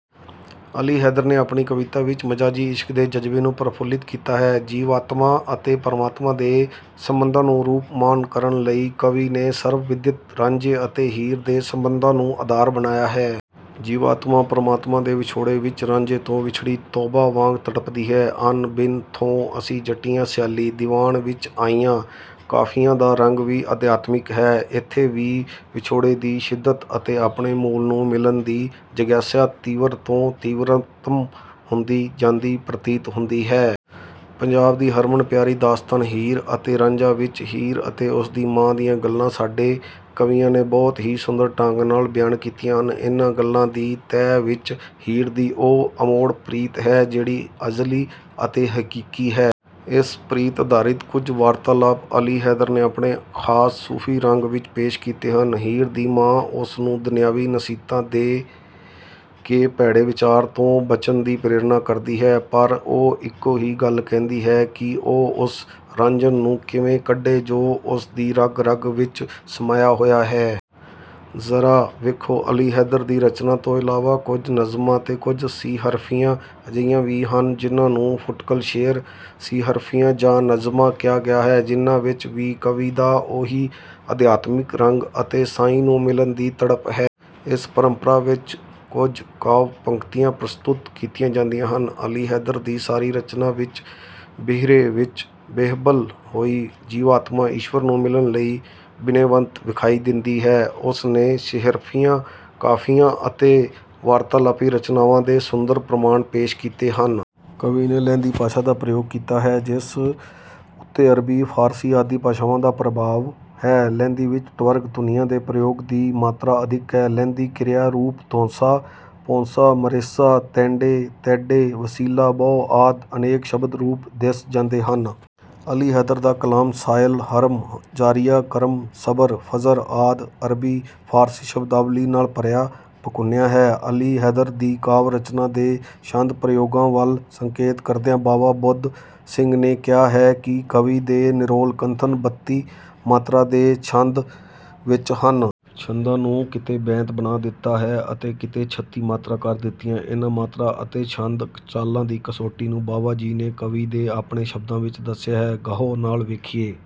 ਅਲੀ ਹੈਦਰ ਨੇ ਆਪਣੀ ਕਵਿਤਾ ਵਿੱਚ ਮਜਾਜ਼ੀ ਇਸ਼ਕ ਦੇ ਜਜ਼ਬੇ ਨੂੰ ਪ੍ਰਫੁੱਲਿਤ ਕੀਤਾ ਹੈ। ਜੀਵਾਤਮਾ ਅਤੇ ਪਰਮਾਤਮਾ ਦੇ ਸੰਬੰਧਾਂ ਨੂੰ ਰੂਪਮਾਨ ਕਰਨ ਲਈ ਕਵੀ ਨੇ ਸਰਵ-ਵਿਦਿਤ ਰਾਂਝੇ ਅਤੇ ਹੀਰ ਦੇ ਸੰਬੰਧਾਂ ਨੂੰ ਆਧਾਰ ਬਣਾਇਆ ਹੈ। ਜੀਵਾਤਮਾ ਪਰਮਾਤਮਾ ਦੇ ਵਿਛੋੜੇ ਵਿੱਚ ਰਾਂਝੇ ਤੋਂ ਵਿਛੜੀ ਤੋਬਾ ਵਾਂਗ ਤੜਪਦੀ ਹੈ। "ਅਨ ਬਿਨ ਥੋਂ ਅਸੀਂ ਜੱਟੀਆਂ ਸਿਆਲੀਂ।" ਦੀਵਾਨ ਵਿੱਚ ਆਈਆਂ ਕਾਫ਼ੀਆਂ ਦਾ ਰੰਗ ਵੀ ਅਧਿਆਤਮਿਕ ਹੈ। ਇੱਥੇ ਵੀ ਵਿਛੋੜੇ ਦੀ ਸ਼ਿੱਦਤ ਅਤੇ ਆਪਣੇ ਮੂਲ ਨੂੰ ਮਿਲਣ ਦੀ ਜਿਗਿਆਸਾ ਤੀਵਰ ਤੋਂ ਤੀਵਰਤਮ ਹੁੰਦੀ ਜਾਂਦੀ ਪ੍ਰਤੀਤ ਹੁੰਦੀ ਹੈ। ਪੰਜਾਬ ਦੀ ਹਰਮਨ ਪਿਆਰੀ ਦਾਸਤਾਨ 'ਹੀਰ ਅਤੇ ਰਾਂਝਾ' ਵਿੱਚ ਹੀਰ ਅਤੇ ਉਸ ਦੀ ਮਾਂ ਦੀਆਂ ਗੱਲਾਂ ਸਾਡੇ ਕਵੀਆਂ ਨੇ ਬਹੁਤ ਹੀ ਸੁੰਦਰ ਢੰਗ ਨਾਲ ਬਿਆਨ ਕੀਤੀਆਂ ਹਨ। ਇਨ੍ਹਾਂ ਗੱਲਾਂ ਦੀ ਤਹਿ ਵਿੱਚ ਹੀਰ ਦੀ ਉਹ ਅਮੋੜ ਪ੍ਰੀਤ ਹੈ ਜਿਹੜੀ ਅਜ਼ਲੀ ਅਤੇ ਹਕੀਕੀ ਹੈ। ਇਸੇ ਪ੍ਰੀਤ ਆਧਾਰਿਤ ਕੁਝ ਵਾਰਤਾਲਾਪ ਅਲੀ ਹੈਦਰ ਨੇ ਆਪਣੇ ਖਾਸ ਸੂਫ਼ੀ ਰੰਗ ਵਿੱਚ ਪੇਸ਼ ਕੀਤੇ ਹਨ। ਹੀਰ ਦੀ ਮਾਂ ਉਸ ਨੂੰ ਦੁਨਿਆਵੀ ਨਸੀਹਤਾਂ ਦੇ ਕੇ ਭੈੜੇ ਪ੍ਰਚਾਰ ਤੋਂ ਬਚਣ ਦੀ ਪ੍ਰੇਰਨਾ ਕਰਦੀ ਹੈ ਪਰ ਉਹ ਇੱਕੋ ਹੀ ਗੱਲ ਕਹਿੰਦੀ ਹੈ ਕਿ ਉਹ ਉਸ ਰਾਂਝਣ ਨੂੰ ਕਿਵੇਂ ਕੱਢੇ ਜੋ ਉਸ ਦੀ ਰਗ-ਰਗ ਵਿੱਚ ਸਮਾਇਆ ਹੋਇਆ ਹੈ। ਜ਼ਰਾ ਵੇਖੋ ਅਲੀ ਹੈਦਰ ਦੀ ਰਚਨਾ ਤੋਂ ਇਲਾਵਾ ਕੁਝ ਨਜ਼ਮਾਂ ਅਤੇ ਕੁਝ ਸੀਹਰਫੀਆਂ ਅਜਿਹੀਆਂ ਵੀ ਹਨ ਜਿਨ੍ਹਾਂ ਨੂੰ ਫੁਟਕਲ ਸ਼ੇਅਰ, ਸੀਹਰਫੀਆਂ ਜਾਂ ਨਜ਼ਮਾਂ ਕਿਹਾ ਗਿਆ ਹੈ। ਇਨ੍ਹਾਂ ਵਿੱਚ ਵੀ ਕਵੀ ਦਾ ਉਹੀ ਅਧਿਆਤਮਿਕ ਰੰਗ ਅਤੇ ਸਾਈਂ ਨੂੰ ਮਿਲਣ ਦੀ ਤੜਪ ਹੈ। ਇਸ ਪਰੰਪਰਾ ਵਿੱਚ ਕੁਝ ਕਾਵਿ-ਪੰਕਤੀਆਂ ਪ੍ਰਸਤੁਤ ਕੀਤੀਆਂ ਜਾਂਦੀਆਂ ਹਨ। ਅਲੀ ਹੈਦਰ ਦੀ ਸਾਰੀ ਰਚਨਾ ਵਿੱਚ ਬਿਹਰੇ ਵਿੱਚ ਬਿਹਬਲ ਹੋਈ ਜੀਵਾਤਮਾ ਈਸ਼ਵਰ ਨੂੰ ਮਿਲਣ ਲਈ ਬਿਨੈਵੰਤ ਵਿਖਾਈ ਦਿੰਦੀ ਹੈ। ਉਸਨੇ ਸੀਹਰਫੀਆਂ, ਕਾਫ਼ੀਆਂ ਅਤੇ ਵਾਰਤਾਲਾਪੀ ਰਚਨਾਵਾਂ ਦੇ ਸੁੰਦਰ ਪ੍ਰਮਾਣ ਪੇਸ਼ ਕੀਤੇ ਹਨ। ਕਵੀ ਨੇ ਲਹਿੰਦੀ ਭਾਸ਼ਾ ਦਾ ਪ੍ਰਯੋਗ ਕੀਤਾ ਹੈ ਜਿਸ ਉੱਤੇ ਅਰਬੀ, ਫਾਰਸੀ ਆਦਿ ਭਾਸ਼ਾਵਾਂ ਦਾ ਪ੍ਰਭਾਵ ਹੈ। ਲਹਿੰਦੀ ਵਿੱਚ ਟਵਰਗ ਧੁਨੀਆਂ ਦੇ ਪ੍ਰਯੋਗ ਦੀ ਮਾਤਰਾ ਅਧਿਕ ਹੈ। ਲਹਿੰਦੀ ਕ੍ਰਿਆ ਰੂਪ ਧੋਸਾਂ, ਪੌਸਾਂ, ਮਰੇਸਾਂ, ਤੈਂਡੇ, ਤੈਡੇ, ਵਸੀਲਾ, ਬਹੁ, ਆਦਿ ਅਨੇਕ ਸ਼ਬਦ ਰੂਪ ਦਿਸ ਜਾਂਦੇ ਹਨ। ਅਲੀ ਹੈਦਰ ਦਾ ਕਲਾਮ ਸਾਇਲ, ਹਰਮ, ਜ਼ਾਰੀਆਂ, ਕਰਮ, ਸਬਰ, ਫ਼ਜਰ ਆਦਿ ਅਰਬੀ ਫਾਰਸੀ ਸ਼ਬਦਾਵਲੀ ਨਾਲ ਭਰਿਆ ਭਕੁੰਨਿਆ ਹੈ। ਅਲੀ ਹੈਦਰ ਦੀ ਕਾਵਿ-ਰਚਨਾ ਦੇ ਛੰਦ ਪ੍ਰਯੋਗਾਂ ਵੱਲ ਸੰਕੇਤ ਕਰਦਿਆਂ ਬਾਵਾ ਬੁੱਧ ਸਿੰਘ ਨੇ ਕਿਹਾ ਹੈ ਕਿ ਕਵੀ ਦੇ ਨਿਰੋਲ ਕਥਨ ਬੱਤੀ 'ਮਾਤਰਾ' ਦੇ ਛੰਦ ਵਿੱਚ ਹਨ। ਛੰਦਾਂ ਨੂੰ ਕਿਤੇ ਬੈਂਤ ਬਣਾ ਦਿੱਤਾ ਹੈ ਤੇ ਕਿਤੇ ਛੱਤੀ ਮਾਤਰਾ ਕਰ ਦਿੱਤੀਆਂ। ਇਨ੍ਹਾਂ ਮਾਤਰਾ ਅਤੇ ਛੰਦ ਚਾਲਾਂ ਦੀ ਕਸੌਟੀ ਨੂੰ ਬਾਵਾ ਜੀ ਨੇ ਕਵੀ ਦੇ ਆਪਣੇ ਸ਼ਬਦਾਂ ਵਿੱਚ ਦੱਸਿਆ ਹੈ। ਗਹੁ ਨਾਲ ਵੇਖੀਏ।